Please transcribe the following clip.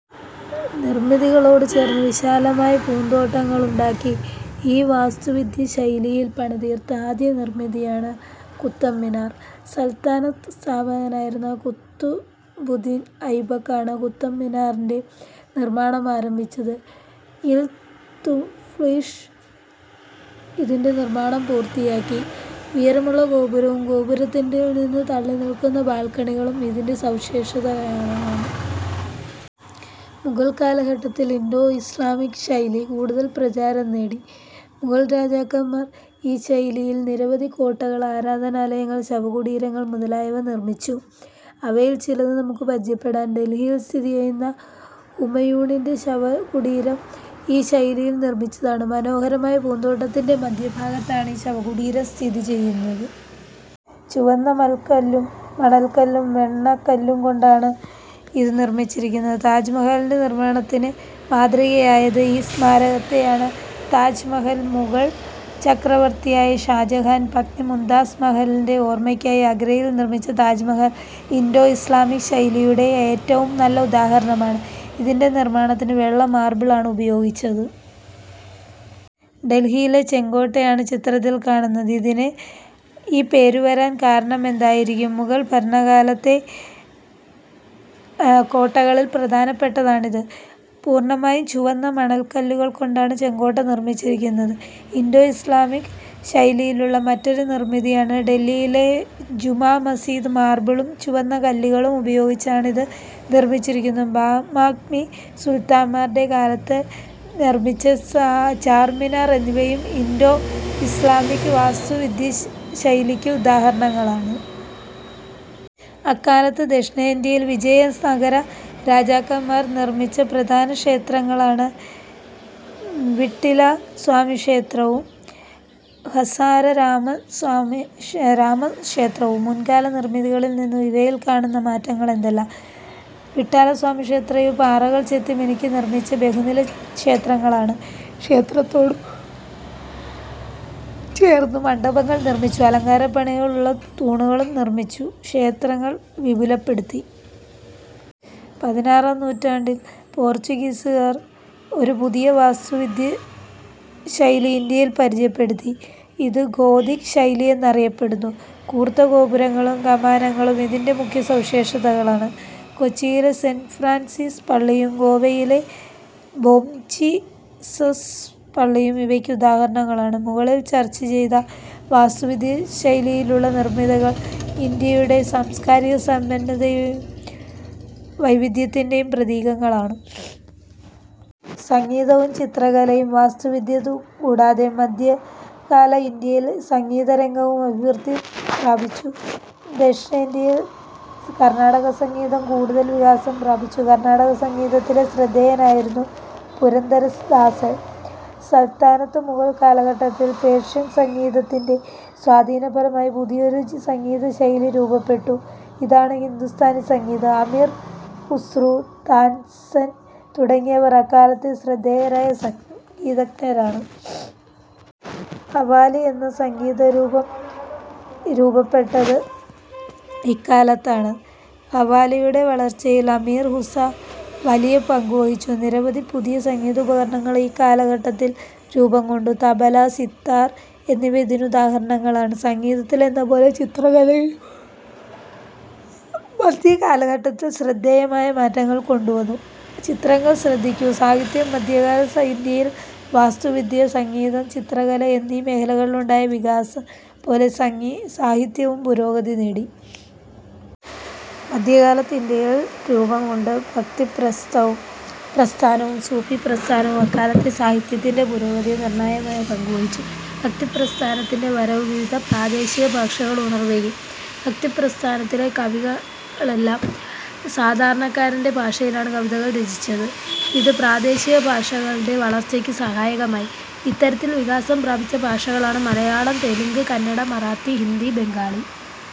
നിർമിതികളോടു ചേർന്ന് വിശാലമായ പൂന്തോട്ടങ്ങളുണ്ടാക്കി. ഈ വാസ്തുവിദ്യാ ശൈലിയിൽ പണിതീർത്ത ആദ്യ നിർമ്മിതിയാണ് കുത്ത്ബ് മിനാർ. സൽത്തനത്ത് സ്ഥാപകനായിരുന്ന കുത്തുബുദ്ദീൻ ഐബക് ആണ് കുത്ത്ബ് മിനാറിന്റെ നിർമാണം ആരംഭിച്ചത്. ഇൽതുത്മിഷ് ഇതിന്റെ നിർമാണം പൂർത്തിയാക്കി. ഉയരമുള്ള ഗോപുരവും ഗോപുരത്തിൽ നിന്ന് തള്ളിനിൽക്കുന്ന ബാൽക്കണികളും ഇതിന്റെ സവിശേഷതകളാണ്. മുഗൾ കാലഘട്ടത്തിൽ ഇൻഡോ-ഇസ്ലാമിക് ശൈലി കൂടുതൽ പ്രചാരം നേടി. മുഗൾ രാജാക്കന്മാർ ഈ ശൈലിയിൽ നിരവധി കോട്ടകൾ, ആരാധനാലയങ്ങൾ, ശവകുടീരങ്ങൾ മുതലായവ നിർമിച്ചു. അവയിൽ ചിലത് നമുക്ക് പരിചയപ്പെടാം. ഡൽഹിയിൽ സ്ഥിതിചെയ്യുന്ന ഹുമയൂണിന്റെ ശവകുടീരം ഈ ശൈലിയിൽ നിർമിച്ചതാണ്. മനോഹരമായ പൂന്തോട്ടത്തിന്റെ മധ്യ ഭാഗത്താണ് ഈ ശവകുടീരം സ്ഥിതി ചെയ്യുന്നത്. ചുവന്ന മണൽക്കല്ലും വെണ്ണക്കല്ലും കൊണ്ടാണ് ഇത് നിർമിച്ചിരിക്കുന്നത്. താജ്മഹലിന്റെ നിർമാണത്തിന് മാതൃകയാക്കിയത് ഈ സ്മാരകത്തെയാണ്. താജ്മഹൽ മുഗൾ ചക്രവർത്തിയായ ഷാജഹാൻ പത്നി മുംതാസ് മഹലിന്റെ ഓർമയ്ക്കായി ആഗ്രയിൽ നിർമിച്ച താജ്മഹൽ ഇൻഡോ- ഇസ്ലാമിക് ശൈലിയുടെ ഏറ്റവും നല്ല ഉദാഹരണമാണ്. ഇതിന്റെ നിർമാണത്തിന് വെള്ള മാർബിളാണ് ഉപയോഗിച്ചത്. ഡൽഹിയിലെ ചെങ്കോട്ടയാണ് ചിത്രത്തിൽ കാണുന്നത്. അതിന് ഈ പേരു വരാൻ കാരണമെന്തായിരിക്കും? മുഗൾഭരണകാലത്തെ കോട്ടകളിൽ പ്രധാനപ്പെട്ടതാണ് ഇത്. പൂർണമായും ചുവന്ന മണൽക്കല്ലുകൾ കൊണ്ടാണ് ചെങ്കോട്ട നിർമിച്ചിരിക്കുന്നത്. ഇൻഡോ-ഇസ്ലാമിക് ശൈലിയിലുള്ള മറ്റൊരു നിർമിതിയാണ് ഡൽഹിയിലെ ജുമാമസ്ജിദ്. മാർബിളും ചുവന്നകല്ലുകളും ഉപയോഗിച്ചാണ് ഇത് നിർമിച്ചിരിക്കുന്നത്. ബാഹ്മിനി സുൽത്താന്മാരുടെ കാലത്ത് നിർമിച്ച ഗോൾഗുംബസ് കുത്തബ് ഷാഹി സുൽത്താന്മാരുടെ കാലത്ത് നിർമിച്ച ചാർമിനാർ എന്നിവയും ഇൻഡോ ഇസ്ലാമിക് വാസ്തുവിദ്യാശൈലിക്ക് ഉദാഹരണങ്ങളാണ്. അക്കാലത്ത് ദക്ഷിണേന്ത്യയിൽ വിജയനഗര രാജാക്കന്മാർ നിർമിച്ച പ്രധാന ക്ഷേത്രങ്ങളാണ് വിട്ടലസ്വാമിക്ഷേത്രവും ഹസാരരാമക്ഷേ ത്രവും. മുൻകാല നിർമിതികളിൽ നിന്നു ഇവയിൽ കാണുന്ന മാറ്റ ങ്ങൾ എന്തെല്ലാം? വിട്ടലസ്വാമിക്ഷേത്രം ഇവ പാറകൾ ചെത്തിമിനുക്കി നിർമിച്ച ബഹുനില ക്ഷേത്രങ്ങളാണ്. ക്ഷേത്രങ്ങളോടു ചേർന്ന് മണ്ഡപങ്ങൾ നിർമിച്ചു. അലങ്കാരപ്പണികളുള്ള തൂണുകൾ നിർമിച്ചു. ക്ഷേത്രങ്ങൾ വിപുലപ്പെടുത്തി. പതിനാറാം നൂറ്റാണ്ടിൽ പോർച്ചുഗീസുകാർ ഒരു പുതിയ വാസ്തുവിദ്യാശൈലി ഇന്ത്യയിൽ പരിചയപ്പെടുത്തി. ഇത് ഗോഥിക് ശൈലി എന്നറിയപ്പെടുന്നു. കൂർത്ത ഗോപുരങ്ങളും കമാനങ്ങളും ഇതിന്റെ മുഖ്യ സവിശേഷതകളാണ്. കൊച്ചിയിലെ സെന്റ് ഫ്രാൻസിസ് പള്ളിയും ഗോവയിലെ ബോംജീസസ് പള്ളിയും ഇവയ്ക്ക് ഉദാഹരണങ്ങളാണ്. മുകളിൽ ചർച്ച ചെയ്ത വാസ്തുവിദ്യാശൈലികളിലുള്ള നിർമിതികൾ ഇന്ത്യയുടെ സാംസ്കാരിക സമ്പന്നതയുടെയും വൈവിധ്യത്തിന്റെയും പ്രതീകങ്ങളാണ്. സംഗീതവും ചിത്രകലയും വാസ്തുവിദ്യ കൂടാതെ മധ്യകാല ഇന്ത്യയിൽ സംഗീതരംഗവും അഭിവൃദ്ധി പ്രാപിച്ചു. ദക്ഷിണേന്ത്യയിൽ കർണാടകസംഗീതം കൂടുതൽ വികാസം പ്രാപിച്ചു. കർണാടകസംഗീതത്തിലെ ശ്രദ്ധേയനായിരുന്നു പുരന്ദരദാസൻ. സൽത്തനത്ത് മുഗൾ കാലഘട്ടത്തിൽ പേർഷ്യൻ സംഗീതത്തിന്റെ സ്വാധീനഫലമായി പുതിയൊരു സംഗീതശൈലി രൂപപ്പെട്ടു. ഇതാണ് ഹിന്ദുസ്ഥാനിസംഗീതം. അമിർ ഖുസ്രു, താൻസൻ തുടങ്ങിയവർ അക്കാലത്തെ ശ്രദ്ധേയരായ സംഗീതജ്ഞരാണ്. ഖവ്വാലി എന്ന സംഗീതരൂപം രൂപപ്പെട്ടത് ഇക്കാലത്താണ്. ഖവ്വാലിയുടെ വളർച്ചയിൽ അമീർ ഖുസ വലിയ പങ്കുവഹിച്ചു. നിരവധി പുതിയ സംഗീതോപകരണങ്ങൾ ഇക്കാലഘട്ടത്തിൽ രൂപംകൊണ്ടു. തബല, സിതാർ എന്നിവ ഇതിനു ദാഹരണങ്ങളാണ്. സംഗീതത്തിലെന്നപോലെ ചിത്ര കലയിലും മധ്യകാലഘട്ടത്തിൽ ശ്രദ്ധേയമായ മാറ്റങ്ങൾ വന്നു. ചിത്രങ്ങൾ ശ്രദ്ധിക്കൂ... സാഹിത്യം മധ്യകാല ഇന്ത്യയിൽ വാസ്തു വിദ്യ, സംഗീതം, ചിത്രകല എന്നീ മേഖലകളിലുണ്ടായ വികാസം പോലെ സാഹിത്യവും പുരോഗതി നേടി. മധ്യകാലത്ത് ഇന്ത്യയിൽ രൂപം കൊണ്ട് ഭക്തിപ്രസ്ഥാനവും സൂഫി പ്രസ്ഥാനവും അക്കാലത്തെ സാഹിത്യത്തിന്റെ പുരോഗതിയിൽ നിർണായകമായ പങ്കു വഹിച്ചു. ഭക്തിപ്രസ്ഥാനത്തിന്റെ വരവ് വിവിധ പ്രാദേശികഭാഷകൾക്ക് ഉണർവേകി. ഭക്തിപ്രസ്ഥാനത്തിലെ കവികളെല്ലാം സാധാരണക്കാരന്റെ ഭാഷയിലാണ് കവിതകൾ രചിച്ചത്. ഇത് പ്രാദേശികഭാഷകളുടെ വളർച്ചയ്ക്ക് സഹായകമായി. ഇത്തരത്തിൽ വികാസം പ്രാപിച്ച ഭാഷകളാണ് മലയാളം, തെലുങ്ക്, കന്നഡ, മറാത്തി, ഹിന്ദി, ബംഗാളി.